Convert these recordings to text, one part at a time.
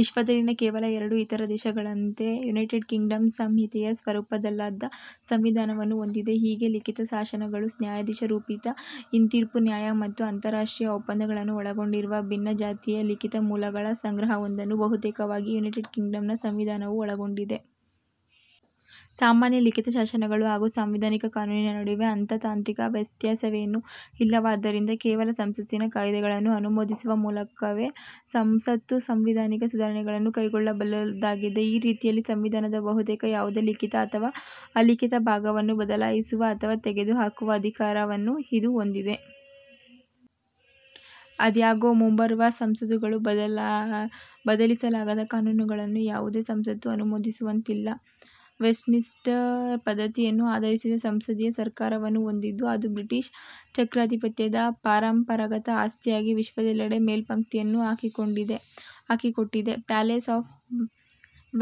ವಿಶ್ವದಲ್ಲಿನ ಕೇವಲ ಎರಡು ಇತರ ದೇಶಗಳಂತೆ ಯುನೈಟೆಡ್ ಕಿಂಗ್ಡಂ ಸಂಹಿತೆಯ ಸ್ವರೂಪದ್ದಲ್ಲದ ಸಂವಿಧಾನ ವನ್ನು ಹೊಂದಿದೆ. ಹೀಗೆ, ಲಿಖಿತ ಶಾಸನ ಗಳು, ನ್ಯಾಯಾಧೀಶ ರೂಪಿತ ಹಿಂತೀರ್ಪು ನ್ಯಾಯ ಮತ್ತು ಅಂತರರಾಷ್ಟ್ರೀಯ ಒಪ್ಪಂದಗಳನ್ನು ಒಳಗೊಂಡಿರುವ ಭಿನ್ನಜಾತಿಯ ಲಿಖಿತ ಮೂಲಗಳ ಸಂಗ್ರಹವೊಂದನ್ನು ಬಹುತೇಕವಾಗಿ ಯುನೈಟೆಡ್ ಕಿಂಗ್ಡಂನ ಸಂವಿಧಾನ ವು ಒಳಗೊಂಡಿದೆ. ಸಾಮಾನ್ಯ ಲಿಖಿತ ಶಾಸನಗಳು ಹಾಗೂ "ಸಾಂವಿಧಾನಿಕ ಕಾನೂನಿನ" ನಡುವೆ ಅಂಥಾ ತಾಂತ್ರಿಕ ವ್ಯತ್ಯಾಸವೇನೂ ಇಲ್ಲವಾದ್ದರಿಂದ, ಕೇವಲ ಸಂಸತ್ತಿನ ಕಾಯಿದೆ ಗಳನ್ನು ಅನುಮೋದಿಸುವ ಮೂಲಕವೇ ಸಂಸತ್ತು ಸಾಂವಿಧಾನಿಕ ಸುಧಾರಣೆಗಳನ್ನು ಕೈಗೊಳ್ಳಬಲ್ಲುದಾಗಿದೆ. ಈ ರೀತಿಯಲ್ಲಿ, ಸಂವಿಧಾನದ ಬಹುತೇಕ ಯಾವುದೇ ಲಿಖಿತ ಅಥವಾ ಅಲಿಖಿತ ಭಾಗವನ್ನು ಬದಲಾಯಿಸುವ ಅಥವಾ ತೆಗೆದುಹಾಕುವ ಅಧಿಕಾರ ವನ್ನು ಇದು ಹೊಂದಿದೆ. ಆದಾಗ್ಯೂ, ಮುಂಬರುವ ಸಂಸತ್ತುಗಳು ಬದಲಿಸಲಾಗದ ಕಾನೂನುಗಳನ್ನು ಯಾವುದೇ ಸಂಸತ್ತು ಅನುಮೋದಿಸುವಂತಿಲ್ಲ. ವೆಸ್ಟ್ಮಿನಿಸ್ಟರ್ ಪದ್ಧತಿ ಯನ್ನು ಆಧರಿಸಿದ ಸಂಸದೀಯ ಸರ್ಕಾರ ವನ್ನು ಹೊಂದಿದ್ದು ಅದು ಬ್ರಿಟಿಷ್ ಚಕ್ರಾಧಿಪತ್ಯ ದ ಪರಂಪರಾಗತ ಆಸ್ತಿಯಾಗಿ ವಿಶ್ವದೆಲ್ಲೆಡೆ ಮೇಲ್ಪಂಕ್ತಿಯನ್ನು ಹಾಕಿಕೊಟ್ಟಿದೆ. ಪ್ಯಾಲೇಸ್ ಆಫ್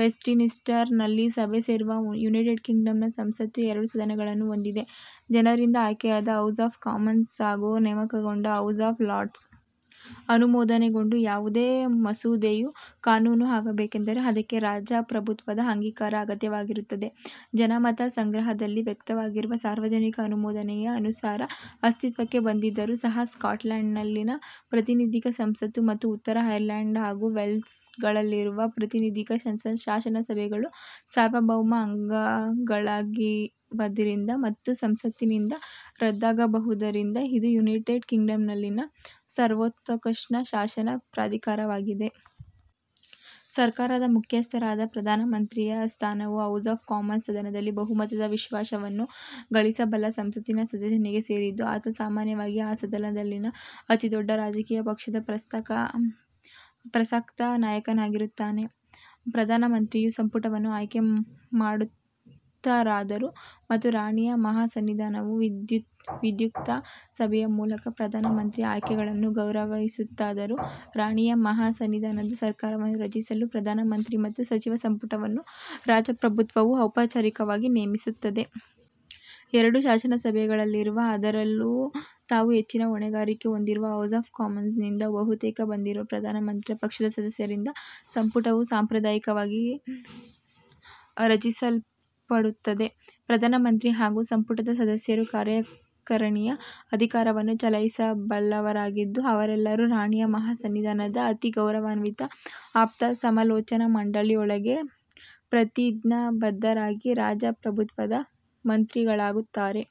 ವೆಸ್ಟ್ಮಿನಿಸ್ಟರ್ ನಲ್ಲಿ ಸಭೆ ಸೇರುವ ಯುನೈಟೆಡ್ ಕಿಂಗ್ಡಂನ ಸಂಸತ್ತು ಎರಡು ಸದನಗಳನ್ನು ಹೊಂದಿದೆ: ಜನರಿಂದ ಆಯ್ಕೆಯಾದ ಹೌಸ್ ಆಫ್ ಕಾಮನ್ಸ್ ಹಾಗೂ ನೇಮಕಗೊಂಡ ಹೌಸ್ ಆಫ್ ಲಾರ್ಡ್ಸ್. ಅನುಮೋದನೆಗೊಂಡ ಯಾವುದೇ ಮಸೂದೆಯು ಕಾನೂನು ಆಗಬೇಕೆಂದರೆ ಅದಕ್ಕೆ ರಾಜ ಪ್ರಭುತ್ವದ ಅಂಗೀಕಾರ ಅಗತ್ಯವಾಗಿರುತ್ತದೆ. ಜನಮತ ಸಂಗ್ರಹ ದಲ್ಲಿ ವ್ಯಕ್ತವಾಗಿರುವ ಸಾರ್ವಜನಿಕ ಅನುಮೋದನೆಯ ಅನುಸಾರ ಅಸ್ತಿತ್ವಕ್ಕೆ ಬಂದಿದ್ದರೂ ಸಹ, ಸ್ಕಾಟ್ಲೆಂಡ್ ನಲ್ಲಿನ ಪ್ರಾತಿನಿಧಿಕ ಸಂಸತ್ತು ಮತ್ತು ಉತ್ತರ ಐರ್ಲೆಂಡ್ ಹಾಗೂ ವೇಲ್ಸ್ ಗಳಲ್ಲಿರುವ ಪ್ರಾತಿನಿಧಿಕ ಶಾಸನ ಸಭೆಗಳು ಸಾರ್ವಭೌಮ ಅಂಗಗಳಾಗಿಲ್ಲವಾದ್ದರಿಂದ ಮತ್ತು ಸಂಸತ್ತಿನಿಂದ ರದ್ದಾಗಬಹುದಾದ್ದರಿಂದ ಇದು ಯುನೈಟೆಡ್ ಕಿಂಗ್ಡಂನಲ್ಲಿನ ಸರ್ವೋತ್ಕೃಷ್ಟ ಶಾಸನ ಪ್ರಾಧಿಕಾರವಾಗಿದೆ. ಸರ್ಕಾರದ ಮುಖ್ಯಸ್ಥ ರಾದ ಪ್ರಧಾನ ಮಂತ್ರಿ ಯ ಸ್ಥಾನವು ಹೌಸ್ ಆಫ್ ಕಾಮನ್ಸ್ ಸದನದಲ್ಲಿ ಬಹುಮತದ ವಿಶ್ವಾಸವನ್ನು ಗಳಿಸಬಲ್ಲ ಸಂಸತ್ತಿನ ಸದಸ್ಯನಿಗೆ ಸೇರಿದ್ದು, ಆತ ಸಾಮಾನ್ಯವಾಗಿ ಆ ಸದನದಲ್ಲಿನ ಅತಿದೊಡ್ಡ ರಾಜಕೀಯ ಪಕ್ಷದ ಪ್ರಸಕ್ತ ನಾಯಕನಾಗಿರುತ್ತಾನೆ. ಪ್ರಧಾನ ಮಂತ್ರಿಯು ಸಂಪುಟವನ್ನು ಆಯ್ಕೆ ಮಾಡುತ್ತಾರಾದರೂ, ಮತ್ತು ರಾಣಿಯ ಮಹಾಸನ್ನಿಧಾನವು ವಿಧ್ಯುಕ್ತ ಸಭೆಯ ಮೂಲಕ ಪ್ರಧಾನ ಮಂತ್ರಿಯ ಆಯ್ಕೆಗಳನ್ನು ಗೌರವಿಸುತ್ತಾದಾದರೂ ರಾಣಿಯ ಮಹಾ ಸನ್ನಿಧಾನದ ಸರ್ಕಾರ ವನ್ನು ರಚಿಸಲು ಪ್ರಧಾನ ಮಂತ್ರಿ ಮತ್ತು ಸಚಿವ ಸಂಪುಟವನ್ನು ರಾಜ ಪ್ರಭುತ್ವವು ಔಪಚಾರಿಕವಾಗಿ ನೇಮಿಸುತ್ತದೆ. ಎರಡೂ ಶಾಸನ ಸಭೆಗಳಲ್ಲಿರುವ, ಅದರಲ್ಲೂ ತಾವು ಹೆಚ್ಚಿನ ಹೊಣೆಗಾರಿಕೆ ಹೊಂದಿರುವ ಹೌಸ್ ಆಫ್ ಕಾಮನ್ಸ್ನಿಂದ ಬಹುತೇಕ ಬಂದಿರುವ ಪ್ರಧಾನ ಮಂತ್ರಿಯ ಪಕ್ಷದ ಸದಸ್ಯರಿಂದ ಸಂಪುಟ ವು ಸಾಂಪ್ರದಾಯಿಕವಾಗಿ ರಚಿಸಲ್ಪಡುತ್ತದೆ. ಪ್ರಧಾನ ಮಂತ್ರಿ ಹಾಗೂ ಸಂಪುಟದ ಸದಸ್ಯರು ಕಾರ್ಯಕಾರಿಣಿಯ ಅಧಿಕಾರವನ್ನು ಚಲಾಯಿಸಬಲ್ಲವರಾಗಿದ್ದು, ಅವರೆಲ್ಲರೂ ರಾಣಿಯ ಮಹಾ ಸನ್ನಿಧಾನದ ಅತಿ ಗೌರವಾನ್ವಿತ ಆಪ್ತ ಸಮಾಲೋಚನಾ ಮಂಡಳಿ ಯೊಳಗೆ ಪ್ರತಿಜ್ಞಾಬದ್ಧರಾಗಿ, ರಾಜ ಪ್ರಭುತ್ವದ ಮಂತ್ರಿ ಗಳಾಗುತ್ತಾರೆ.